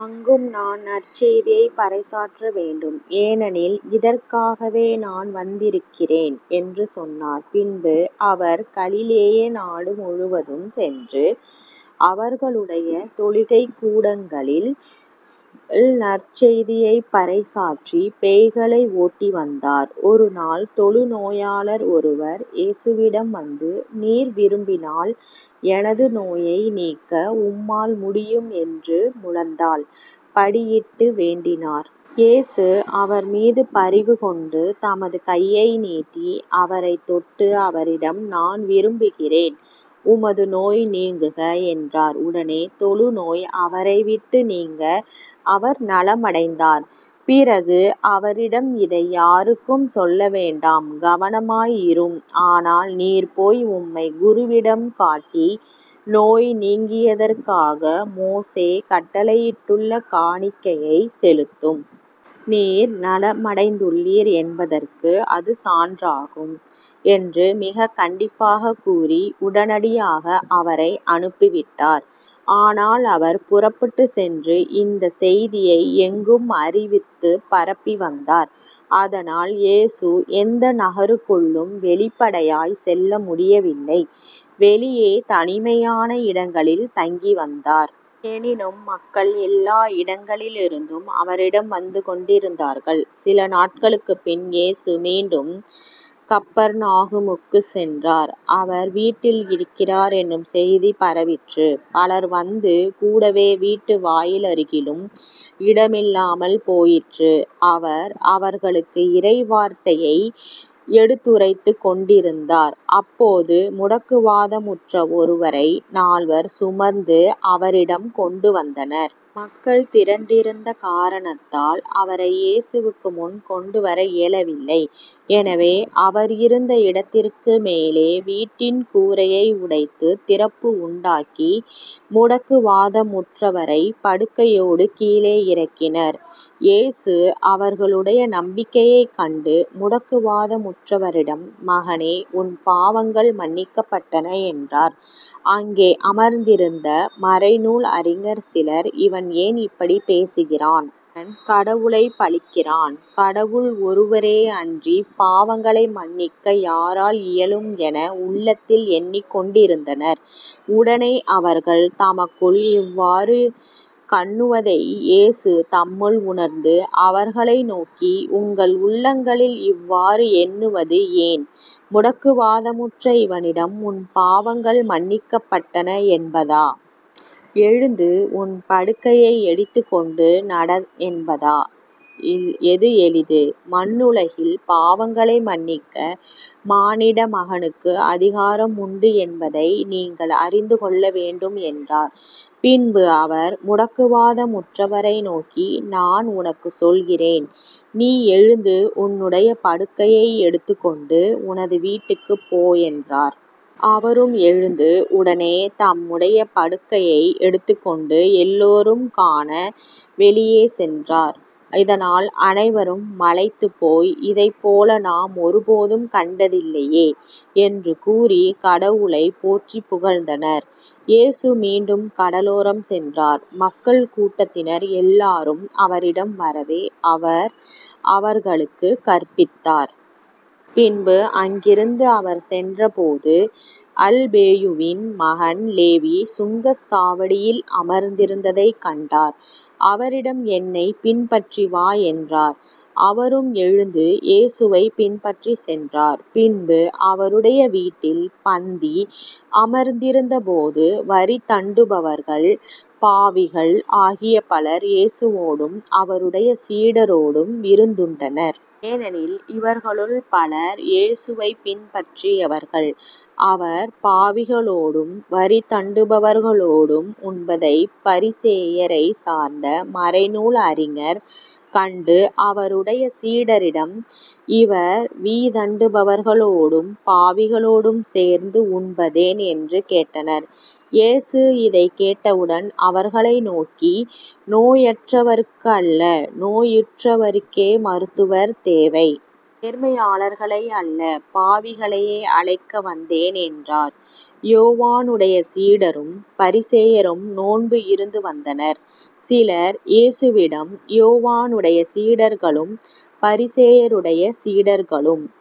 அங்கும் நான் நற்செய்தியைப் பறைசாற்ற வேண்டும் ஏனெனில் இதற்காகவே நான் வந்திருக்கிறேன் என்று சொன்னார். பின்பு அவர் கலிலேய நாடுமுழுவதும் சென்று அவர்களுடைய தொழுகைக் கூடங்களில் நற்செய்தியைப் பறைசாற்றி பேய்களை ஓட்டி வந்தார். ஒரு நாள் தொழுநோயாளர் ஒருவர் இயேசுவிடம் வந்து நீர் விரும்பினால் எனது நோயை நீக்க உம்மால் முடியும் என்று முழந்தாள் படியிட்டு வேண்டினார். இயேசு அவர்மீது பரிவு கொண்டு தமது கையை நீட்டி அவரைத் தொட்டு அவரிடம் நான் விரும்புகிறேன் உமது நோய் நீங்குக. என்றார். உடனே தொழுநோய் அவரைவிட்டு நீங்க, அவர் நலமடைந்தார். பிறகு அவரிடம் இதை யாருக்கும் சொல்ல வேண்டாம் கவனமாய் இரும். ஆனால் நீர் போய் உம்மைக் குருவிடம் காட்டி நோய் நீங்கியதற்காக மோசே கட்டளையிட்டுள்ள காணிக்கையைச் செலுத்தும். நீர் நலமடைந்துள்ளீர் என்பதற்கு அது சான்றாகும் என்று மிகக் கண்டிப்பாகக் கூறி உடனடியாக அவரை அனுப்பி விட்டார். ஆனால் அவர் புறப்பட்டுச் சென்று இந்தச் செய்தியை எங்கும் அறிவித்துப் பரப்பிவந்தார். அதனால் இயேசு எந்த நகருக்குள்ளும் வெளிப்படையாய்ச் செல்ல முடியவில்லை வெளியே தனிமையான இடங்களில் தங்கிவந்தார். எனினும் மக்கள் எல்லா இடங்களிலிருந்தும் அவரிடம் வந்து கொண்டிருந்தார்கள். சில நாட்களுக்குப்பின் இயேசு மீண்டும் கப்பர்நாகுமுக்குச் சென்றார். அவர் வீட்டில் இருக்கிறார் என்னும் செய்தி பரவிற்று. பலர் வந்து கூடவே வீட்டு வாயிலருகிலும் இடமில்லாமல் போயிற்று. அவர் அவர்களுக்கு இறைவார்த்தையை எடுத்துரைத்துக் கொண்டிருந்தார். அப்போது முடக்குவாதமுற்ற ஒருவரை நால்வர் சுமந்து அவரிடம் கொண்டுவந்தனர். மக்கள் திரண்டிருந்த காரணத்தால் அவரை இயேசுவுக்கு முன் கொண்டுவர இயலவில்லை. எனவே அவர் இருந்த இடத்திற்கு மேலே வீட்டின் கூரையை உடைத்துத் திறப்பு உண்டாக்கி முடக்குவாதமுற்றவரைப் படுக்கையோடு கீழே இறக்கினர். இயேசு அவர்களுடைய நம்பிக்கையைக் கண்டு முடக்குவாதமுற்றவரிடம் மகனே உன் பாவங்கள் மன்னிக்கப்பட்டன என்றார். அங்கே அமர்ந்திருந்த மறைநூல் அறிஞர் சிலர் இவன் ஏன் இப்படிப் பேசுகிறான்? இவன் கடவுளைப் பழிக்கிறான். கடவுள் ஒருவரே அன்றிப் பாவங்களை மன்னிக்க யாரால் இயலும்? என உள்ளத்தில் எண்ணிக் கொண்டிருந்தனர். உடனே அவர்கள் தமக்குள் இவ்வாறு கண்ணுவதை இயேசு தம்முள் உணர்ந்து, அவர்களை நோக்கி உங்கள் உள்ளங்களில் இவ்வாறு எண்ணுவது ஏன்? முடக்குவாதமுற்ற இவனிடம் உன் பாவங்கள் மன்னிக்கப்பட்டன என்பதா? எழுந்து உன் படுக்கையை எடுத்துக்கொண்டு நட என்பதா? எது எளிது? மண்ணுலகில் பாவங்களை மன்னிக்க மானிட மகனுக்கு அதிகாரம் உண்டு என்பதை நீங்கள் அறிந்துகொள்ள வேண்டும் என்றார். பின்பு அவர் முடக்குவாதமுற்றவரை நோக்கி நான் உனக்குச் சொல்கிறேன் நீ எழுந்து உன்னுடைய படுக்கையை எடுத்துக்கொண்டு உனது வீட்டுக்குப் போ என்றார். அவரும் எழுந்து உடனே தம்முடைய படுக்கையை எடுத்துக்கொண்டு எல்லோரும் காண வெளியே சென்றார். இதனால் அனைவரும் மலைத்துப்போய் இதைப்போல நாம் ஒருபோதும் கண்டதில்லையே என்று கூறிக் கடவுளைப் போற்றிப் புகழ்ந்தனர். இயேசு மீண்டும் கடலோரம் சென்றார். மக்கள் கூட்டத்தினர் எல்லாரும் அவரிடம் வரவே அவர் அவர்களுக்குக் கற்பித்தார். பின்பு அங்கிருந்து அவர் சென்றபோது அல்பேயுவின் மகன் லேவி சுங்கச்சாவடியில் அமர்ந்திருந்ததைக் கண்டார் அவரிடம் என்னைப் பின்பற்றி வா என்றார். அவரும் எழுந்து இயேசுவைப் பின்பற்றிச் சென்றார். பின்பு அவருடைய வீட்டில் பந்தி அமர்ந்திருந்தபோது வரிதண்டுபவர்கள் பாவிகள் ஆகிய பலர் இயேசுவோடும் அவருடைய சீடரோடும் விருந்துண்டனர். ஏனெனில் இவர்களுள் பலர் இயேசுவைப் பின்பற்றியவர்கள். அவர் பாவிகளோடும் வரிதண்டுபவர்களோடும் உண்பதைப் பரிசேயரைச் சார்ந்த மறைநூல் அறிஞர் கண்டு அவருடைய சீடரிடம் இவர் விதண்டுபவர்களோடும் பாவிகளோடும் சேர்ந்து உண்பதேன்? என்று கேட்டனர். இயேசு இதைக் கேட்டவுடன் அவர்களை நோக்கி நோயற்றவர்க்கு அல்ல நோயுற்றவருக்கே மருத்துவர் தேவை. நேர்மையாளர்களை அல்ல பாவிகளையே அழைக்க வந்தேன் என்றார். யோவானுடைய சீடரும் பரிசேயரும் நோன்பு இருந்துவந்தனர். சிலர் இயேசுவிடம் யோவானுடைய சீடர்களும் பரிசேயருடைய சீடர்களும்